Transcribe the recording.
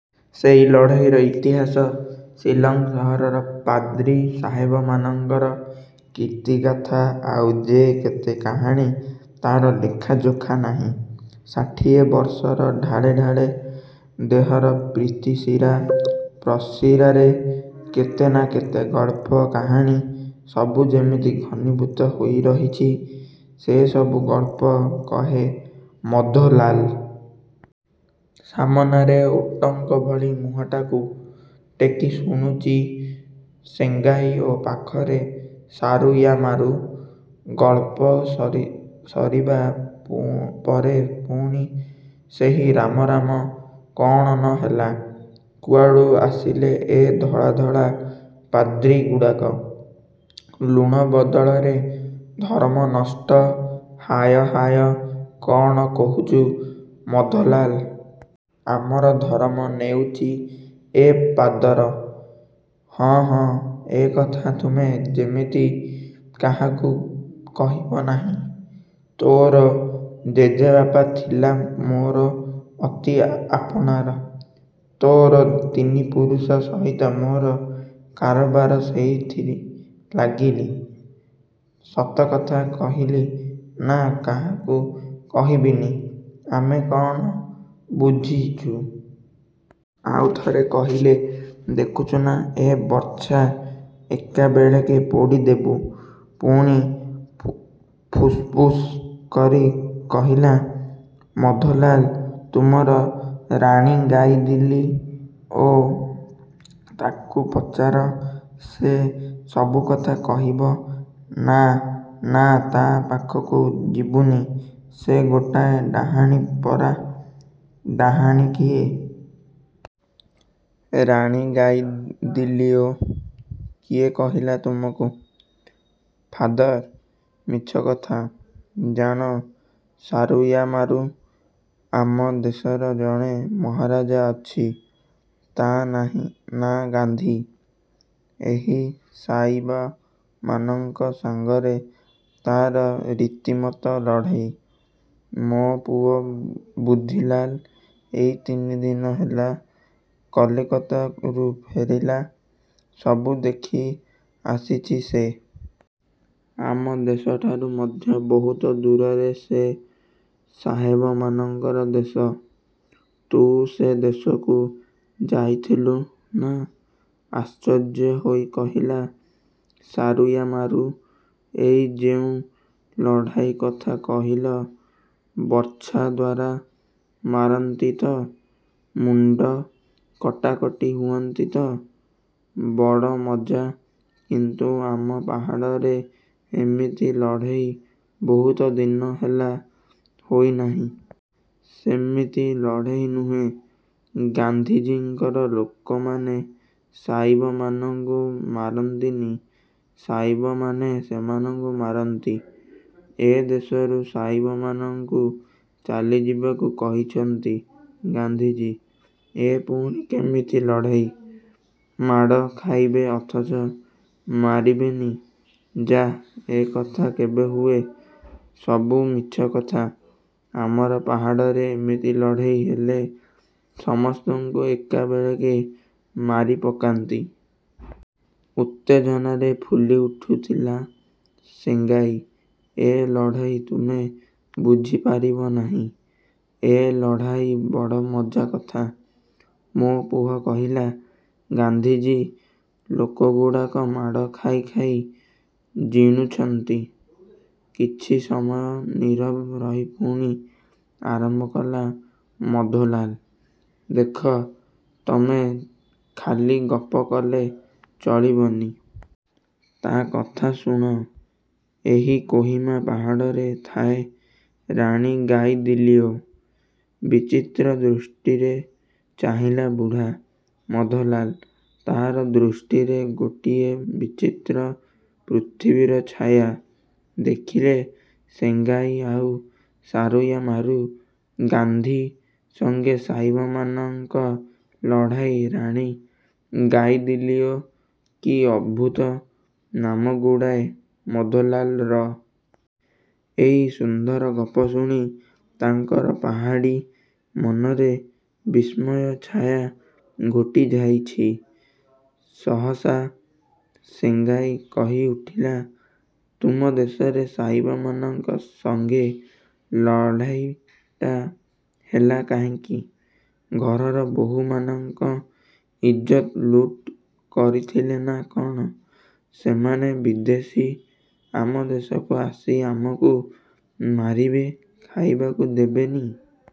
ସେଇ ଲଢ଼େଇର ଇତିହାସ। ଶିଲଂ ସହରର ପାଦ୍ରୀ ସାହେବମାନଙ୍କର କୀର୍ତ୍ତିଗାଥା। ଆଉ ଯେ କେତେ କାହାଣୀ ତାର ଲେଖାଯୋଖା ନାହିଁ। ଷାଠିଏ ବର୍ଷର ଢାଳେ ଢାଳେ, ଦେହର ପ୍ରିତି ଶିରା ପ୍ରଶିରାରେ କେତେ ନା କେତେ ଗଳ୍ପ, କାହାଣୀ ସବୁ ଯେମିତି ଘନୀଭୂତ ହୋଇରହିଚି। ସେସବୁ ଗଳ୍ପ କହେ ମଧୋଲାଲ। ସାମନାରେ ଓଟଙ୍କ ଭଳି ମୁହଁଟାକୁ ଟେକି ଶୁଣୁଚି ସେଙ୍ଗାଇ ଓ ପାଖରେ ସାରୁୟାମାରୁ। ଗଳ୍ପ ସରିବା ପରେ ପୁଣି ସେହି ରାମ ରାମ। କ'ଣ ନ ହେଲା। କୁଆଡ଼ୁ ଆସିଲେ ଏ ଧଳା ଧଳା ପାଦ୍ରୀଗୁଡ଼ାକ। ଲୁଣ ବଦଳରେ ଧରମ ନଷ୍ଟ ହାୟ ହାୟ। କଣ କହୁଚୁ ମଧୋଲାଲ। ଆମର ଧରମ ନେଉଚି ଏ ପାଦର? ହଁ ହଁ, ଏକଥା ତୁମେ ଯେମିତି କାହାକୁ କହିବି ନାହିଁ। ତୋର ଜେଜେବାପା ଥିଲା ମୋର ଅତି ଆପଣାର। ତୋର ତିନି ପୁରୁଷ ସହିତ ମୋର କାରବାର ସେଇଥିଲାଗି ସତକଥା କହିଲି। ନା, କାହାକୁ କହିବିନି। ଆମେ କଣ ବୁଝିଚୁ? ଆଉ ଥରେ କହିଲେ ଦେଖୁଚୁନା ଏ ବର୍ଚ୍ଛା, ଏକାବେଳକେ ପୋଡ଼ି ଦେବୁ। ପୁଣି ଫୁସ୍ଫୁସ୍ କରି କହିଲା ମଧୋଲାଲ ତୁମର ରାଣୀ ଗାଇଦିଲିଓ ତାକୁ ପଚାର, ସେ ସବୁକଥା କହିବ। ନା, ନା; ତା ପାଖକୁ ଯିବୁନି, ସେ ଗୋଟାଏ ଡାହାଣୀ ପରା। ଡାହାଣୀ କିଏ? ରାଣୀ ଗାଇଦିଲିଓ? କିଏ କହିଲା ତୁମକୁ? ଫାଦର। ମିଛ କଥା। ଜାଣ ସାରୁୟାମାରୁ। ଆମ ଦେଶର ଜଣେ ମହାରାଜା ଅଛି। ତା ନାହିଁ ନାଁ ଗାନ୍ଧୀ। ଏହି ସାଇବମାନଙ୍କ ସାଙ୍ଗରେ ତାର ରୀତିମତ ଲଢ଼େଇ। ମୋ ପୁଅ ବୁଧିଲାଲ ଏଇ ତିନିଦିନ ହେଲା କଲିକତାରୁ ଫେରିଲା। ସବୁ ଦେଖିଆସିଚି ସେ। ଆମ ଦେଶଠାରୁ ମଧ୍ୟ ବହୁତ ଦୂରରେ ସେ ସାହେବମାନଙ୍କର ଦେଶ। ତୁ ସେ ଦେଶକୁ ଯାଇଥିଲୁ? ନାଁ। ଆଶ୍ଚର୍ଯ୍ୟ ହୋଇ କହିଲା ସାରୁୟାମାରୁ ଏଇ ଯେଉଁ ଲଢ଼ାଇ କଥା କହିଲ, ବର୍ଚ୍ଛା ଦ୍ୱାରା ମାରନ୍ତି ତ? ମୁଣ୍ଡ କଟାକଟି ହୁଅନ୍ତି ତ? ବଡ଼ ମଜା। କିନ୍ତୁ ଆମ ପାହାଡ଼ରେ ଏମିତି ଲଢ଼େଇ ବହୁତ ଦିନ ହେଲା ହୋଇନାହିଁ। ସେମିତି ଲଢେଇ ନୁହେଁ। ଗାନ୍ଧିଜୀଙ୍କର ଲୋକମାନେ ସାଇବମାନଙ୍କୁ ମାରନ୍ତିନି। ସାଇବମାନେ ସେମାନଙ୍କୁ ମାରନ୍ତି। ଏ ଦେଶରୁ ସାଇବମାନଙ୍କୁ ଚାଲିଯିବାକୁ କହିଛନ୍ତି ଗାନ୍ଧିଜୀ। ଏ ପୁଣି କେମିତି ଲଢେଇ? ମାଡ଼ ଖାଇବେ ଅଥଚ ମାରିବେନି। ଯାଃ, ଏକଥା କେବେ ହୁଏ? ସବୁ ମିଛ କଥା। ଆମର ପାହାଡ଼ରେ ଏମିତି ଲଢ଼େଇ ହେଲେ ସମସ୍ତଙ୍କୁ ଏକାବେଳକେ ମାରିପକାନ୍ତୁ। ଉତ୍ତେଜନାରେ ଫୁଲି ଉଠୁଥିଲା ସେଙ୍ଗାଇ। ଏ ଲଢ଼େଇ ତୁମେ ବୁଝିପାରିବ ନାହିଁ। ଏ ଲଢ଼ାଇ ବଡ଼ ମଜା କଥା। ମୋ ପୁଅ କହିଲା, ଗାନ୍ଧିଜୀ ଲୋକଗୁଡ଼ାକ ମାଡ଼ ଖାଇ ଖାଇ ଜିଣୁଛନ୍ତି। କିଛି ସମୟ ନୀରବ ରହି ପୁଣି ଆରମ୍ଭ କଲା ମଧୋଲାଲ। ଦେଖ, ତମେ ଖାଲି ଗପ କଲେ ଚଳିବନି। ତା କଥା ଶୁଣ। ଏହି କୋହିମା ପାହାଡ଼ରେ ଥାଏ ରାଣୀ ଗାଇଦିଲିଓ। ବିଚିତ୍ର ଦୃଷ୍ଟିରେ ଚାହିଁଲା ବୁଢ଼ା ମଧୋଲାଲ। ତାର ଦୃଷ୍ଟିରେ ଗୋଟିଏ ବିଚିତ୍ର ପୃଥିବୀର ଛାୟା ଦେଖିଲେ ସେଙ୍ଗାଇ ଆଉ ସାରୁୟାମାରୁ। ଗାନ୍ଧୀ ସଙ୍ଗେ ସାଇବମାନଙ୍କ ଲଢ଼ାଇ। ରାଣୀ ଗାଇଦିଲିଓ। କି ଅଦ୍ଭୁତ ନାମଗୁଡ଼ାଏ ମଧୋଲାଲର। ଏଇ ସୁନ୍ଦର ଗପ ଶୁଣି ତାଙ୍କର ପାହାଡ଼ୀ ମନରେ ବିସ୍ମୟ ଛାୟା ଘୋଟିଯାଇଛି। ସହସା ସେଙ୍ଗାଇ କହି ଉଠିଲା ତୁମ ଦେଶରେ ସାଇବମାନଙ୍କ ସଙ୍ଗେ ଲଢେଇ ହେଲା କାହିଁକି? ଘରର ବୋହୂମାନଙ୍କ ଇଜ୍ଜତ ଲୁଟ୍ କରିଥିଲେ ନା କଣ? ସେମାନେ ବିଦେଶୀ। ଆମ ଦେଶକୁ ଆସି ଆମକୁ ମାରିବେ, ଖାଇବାକୁ ଦେବେନି।